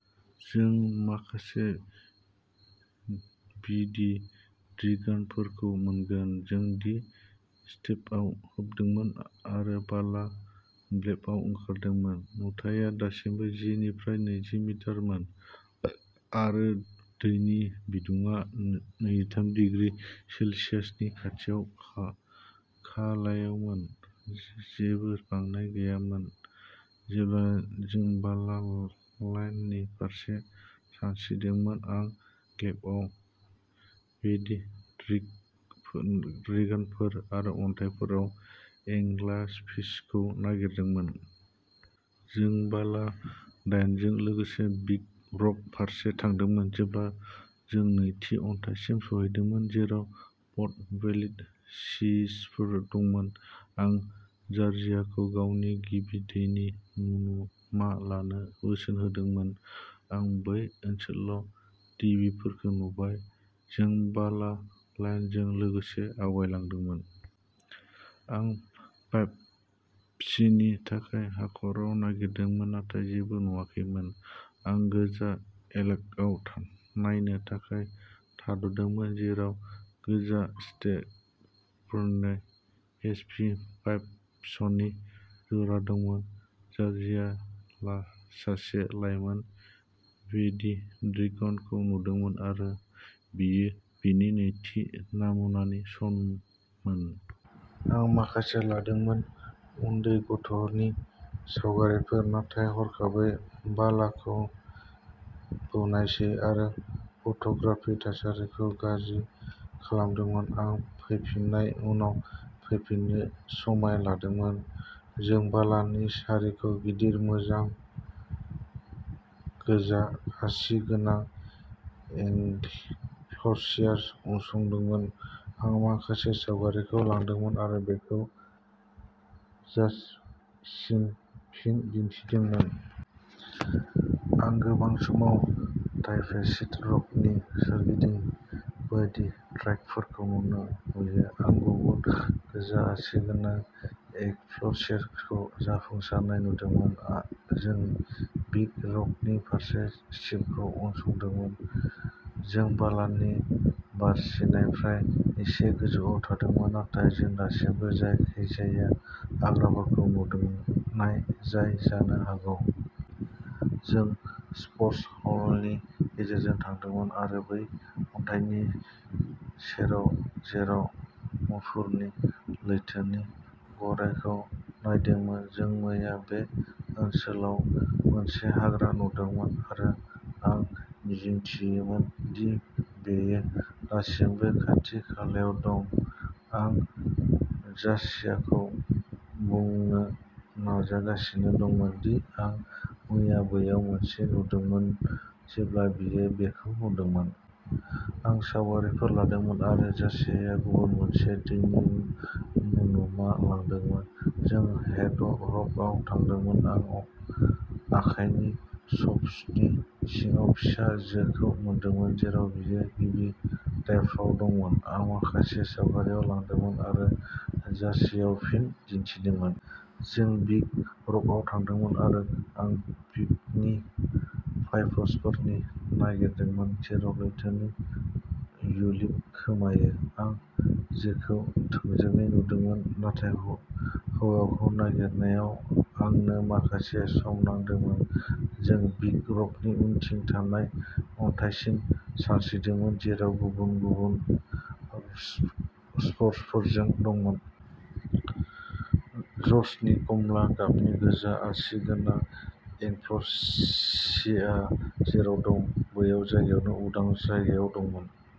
जों माखासे वीडी सीड्रागनफोरखौबो मोनगोन। जों दि स्टेप्सआव हाबदोंमोन आरो बाला ल्पआव ओंखारदोंमोन। नुथाइया दासिमबो जि निफ्राय नैजि मिटारमोन आरो दैनि बिदुङा नै नैजिथाम डिग्री सेल्सियासनि खाथि-खालायावमोन। जेबो बांनाय गैयामोन। जेब्ला जों बाला लाइननि फारसे सानस्रिदोंमोन आं केल्पआव वीडी सीड्रागनफोर आरो अन्थाइफोराव एंग्लारफिसखौ नागिरदोंमोन। जों बाला लाइनजों लोगोसे बिग रक फारसे थांदोंमोन। जेब्ला जों बै अन्थाइसिम सौहैदोंमोन जेराव पट-बेलिड सीहर्सफोर दंमोन, आं जर्जियाखौ गावनि गिबि दैनि नमुना लानो बोसोन होदोंमोन। आं बे ओनसोलाव वीडीफोरखौ नुबाय। जों बाला लाइनजों लोगोसे आवगायलांदोंमोन। आं पाइपफिसनि थाखाय हाखराव नागिरदोंमोन नाथाय जेबो नुवाखैमोन। आं गोजा एल्गायाव नायनो थाखाय थाद'दोंमोन जेराव गोजा स्टिग्मेट'प'रा एसपी पाइपफिसनि जरा दंमोन। जर्जियाया सासे लायमोन वीडी सीड्रागनखौ नुदोंमोन आरो बेयो बिनि नैथि नमुनानि सममोन। आं माखासे लादोंमोन। उन्दै गथ'नि सावगारिफोर, नाथाय हरखाबै बालाखौ बुनायसै आरो फट'ग्राफिक थासारिखौ गाज्रि खालामदोंमोन। आं फैफिन्नायनि उनाव फैफिननो समाय लादोंमोन। जों बालानि सारिखौ गिदिर गोमो गोजा आसि गोनां एंग्लारफिससिम उनसंदोंमोन। आं माखासे सावगारिफोर लादोंमोन आरो बेखौ जर्जियासिम फिन दिन्थिदोंमोन। आं गोबां समावनो डायभारसिटि र'कनि सोरगिदिं वीडी सीड्रागनफोरखौ नुयो। आं गुफुर गोजा आसि गोनां एंग्लारफिसखौ जाफुंसारै नुदोंमोन। जों बिग र'कनि फारसे रीफखौ उनसंदोंमोन। जों बालानि सारिनिफ्राय एसे गोजौआव थादोंमोन, नाथाय जों दासिमबो जायखिजाया हाग्राफोरखौ नुदोंमोन जाय जानो हागौ। जों स्पन्ज हल'नि गेजेरजों थांदोंमोन। आरो बै अन्थाइनि सेराव जेराव गुफुरनि लैथोनि गरायखौ नायदोंमोन। जों मैया बे ओनसोलाव मोनसे हाग्रा नुदोंमोन आरो आं मिजिंथियोमोन दि बेयो दासिमबो खाथि-खालायाव दं। आं जर्जियाखौ बुंनो नाजागासिनो दंमोन दि आं मैया बेयाव मोनसे नुदोंमोन जेब्ला बियो बेखौ नुदोंमोन। आं सावगारिफोर लादोंमोन आरो जर्जियाया गुबुन मोनसे दैनि नमुना लादोंमोन। जों हेन्ड रकआव थांदोंमोन। आं आखाइनि स्पन्जनि सिङाव फिसा जोखौ मोनदोंमोन जेराव बेयो गिबि डाइभआव दंमोन। आं माखासे सावगारिफोर लादोंमोन आरो जर्जियायाव फिन दिन्थिदोंमोन। जों बिग रकआव थांदोंमोन आरो आं पिगमि पाइपहर्सफोरखौ नागिरदोंमोन जेराव लैथोनि ट्यूलिप खोनायो। आं जोखौ थोंजोङै नुदोंमोन नाथाय हौवाखौ नागिरनायाव आंनो माखासे सम नांदोंमोन। जों बिग रकनि उनथिं थानाय अन्थाइसिम सानस्रिदोंमोन जेराव गुबुन-गुबुन स्पन्जफोर दंमोन। जर्जनि कमला गाबनि गोजा आसि गोनां एंग्लारफिसआ जेराव दंमोन बै जायगायाव उदां जायगायाव दंमोन।